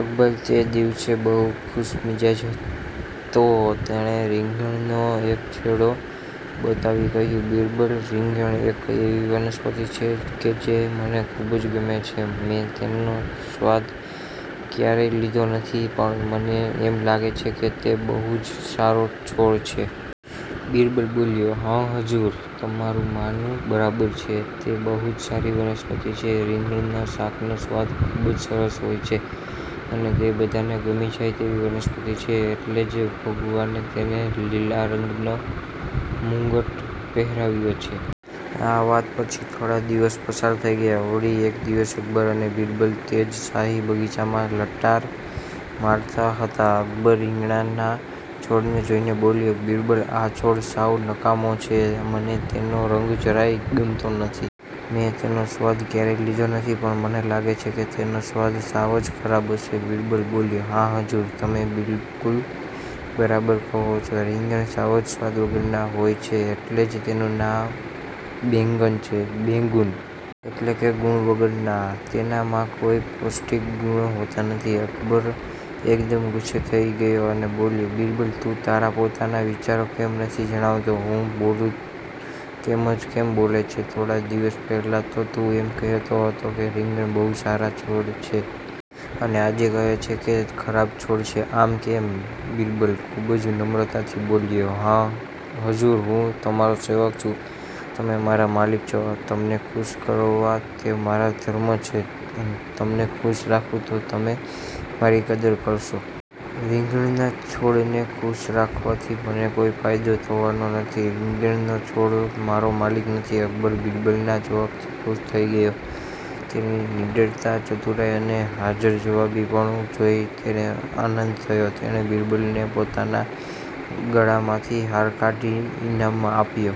અકબર તે દિવસે બહુ ખુશમિજાજ હતો. તેણે રીંગણનો એક છોડો બતાવી કહ્યું; બિરબલ, રીંગણ એક એવી વનસ્પતિ છે કે જે મને ખૂબ જ ગમે છે. મેં તેનો સ્વાદ ક્યારેય લીધો નથી પણ મને એમ લાગે છે કે તે બહુ જ સારો છોડ છે. બિરબલ બોલ્યો; હા, હજૂર. તમારું માનવું બરાબર છે. તે બહુ જ સારી વનસ્પતિ છે. રીંગણના શાકનો સ્વાદ ખૂબ જ સરસ હોય છે અને તે બધાને ગમી જાય તેવી વનસ્પતિ છે. એટલે જ ભગવાને તેનૅ લીલા રંગનો મુગટ પહેરાવ્યો છે. આ વાત પછી થોડા દિવસ પસાર થઈ ગયા. વળી એક દિવસ અકબર અને બિરબલ તે જ શાહી બગીચામાં લટાર મારતા હતા અકબર રીંગણના છોડને જોઈને બોલ્યો; બિરબલ, આ છોડ સાવ નકામો છે. મને તેનો રંગ જરા ય ગમતો નથી. મેં તેનો સ્વાદ ક્યારેય લીધો નથી પણ મને લાગે છે કે તેનો સ્વાદ સાવ જ ખરાબ હશે. બિરબલ બોલ્યો; હા, હજૂર. તમે બિલકુલ બરાબર કહો છો. રીંગણ સાવ જ સ્વાદ વગરના હોય છે. એટલે જ તેનું નામે "બેંગન" છે બેંગુન. એટલે કે ગૂણ વગરના તેનામાં કોઈ પૌષ્ટિક ગુણો હોતા નથી. અકબર એકદમ ગુસ્સે થઈ ગયો અને બોલ્યો; બિરબલ, તું તારા પોતાના વિચારો કેમ નથી જણાવતો? હું બોલું તેમ જ કેમ બોલે છે? થોડા દિવસ પહેલાં તો તુ એમ કહેતો હતો કે રીંગણ બહુ સારા છોડ છે. અને આજે કહે છે કે ખરાબ છોડ છે. આમ કેમ્? બિરબલ ખૂબ જ નમ્રતાથી બોલ્યો; હા હજૂર, હું તમારો સેવક છું. તમે મારા માલિક છો. તમને ખુશ કરવા તે મારા ધર્મ છે. એમ તમને ખુશ રાખું તો તમે મારી કદર કરશો. રીંગણના છોડને ખુશ રાખવાથી મને કોઈ ફાયદો થવાનો નથી. રીંગણનો છોડ મારો માલિક નથી. અકબર બિરબલના જવાબથી ખુશ થઈ ગયો. તેની નીડરતા, ચતુરાઈ અને હાજર જવાબીપણું જોઈ તેને આનંદ થયો. તેણે બિરબલને પોતાના ગળામાંથી હાર કાઢી ઈનામમાં આપ્યો.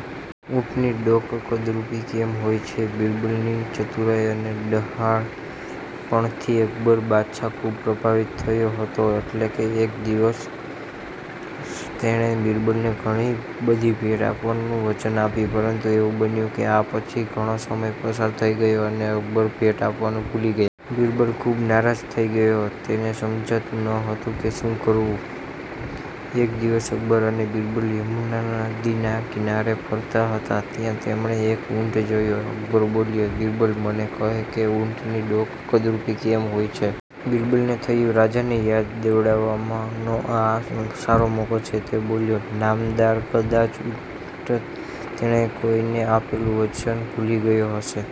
ઊંટની ડોક કદરુપી કેમ હોય છે? બિરબલની ચતુરાઈ અને ડહાપણથી અકબર બાદશાહ ખૂબ પ્રભાવિત થયો હતો. એટલે કે એક દિવસ તેણે બિરબલને ઘણી બધી ભેટ આપવાનું વચન આપ્યું. પરંતુ એવું બન્યું કે આ પછી ઘણો સમય પસાર થઈ ગયો અને અકબર ભેટ આપવાનું ભૂલી ગયો. બિરબલ ખૂબ નારાજ થઈ ગયો. તેને સમજાતું ન હતું કે શું કરવું? એક દિવસ અકબર અને બિરબલ યમુના નદીના કિનારે ફરતા હતા. ત્યાં તેમણે એક ઊંટ જોયું. અકબર બોલ્યો; બિરબલ, મને કહે કે ઊંટની ડોક કદરુપી કેમ હોય છે? બિરબલને થયું, રાજાને યાદ દેવડાવામાંનો આ સારો મોકો છે. તે બોલ્યો; નામદાર, કદાચ ઊંટ, તેણે કોઈને આપેલું વચન ભૂલી ગયું હશે.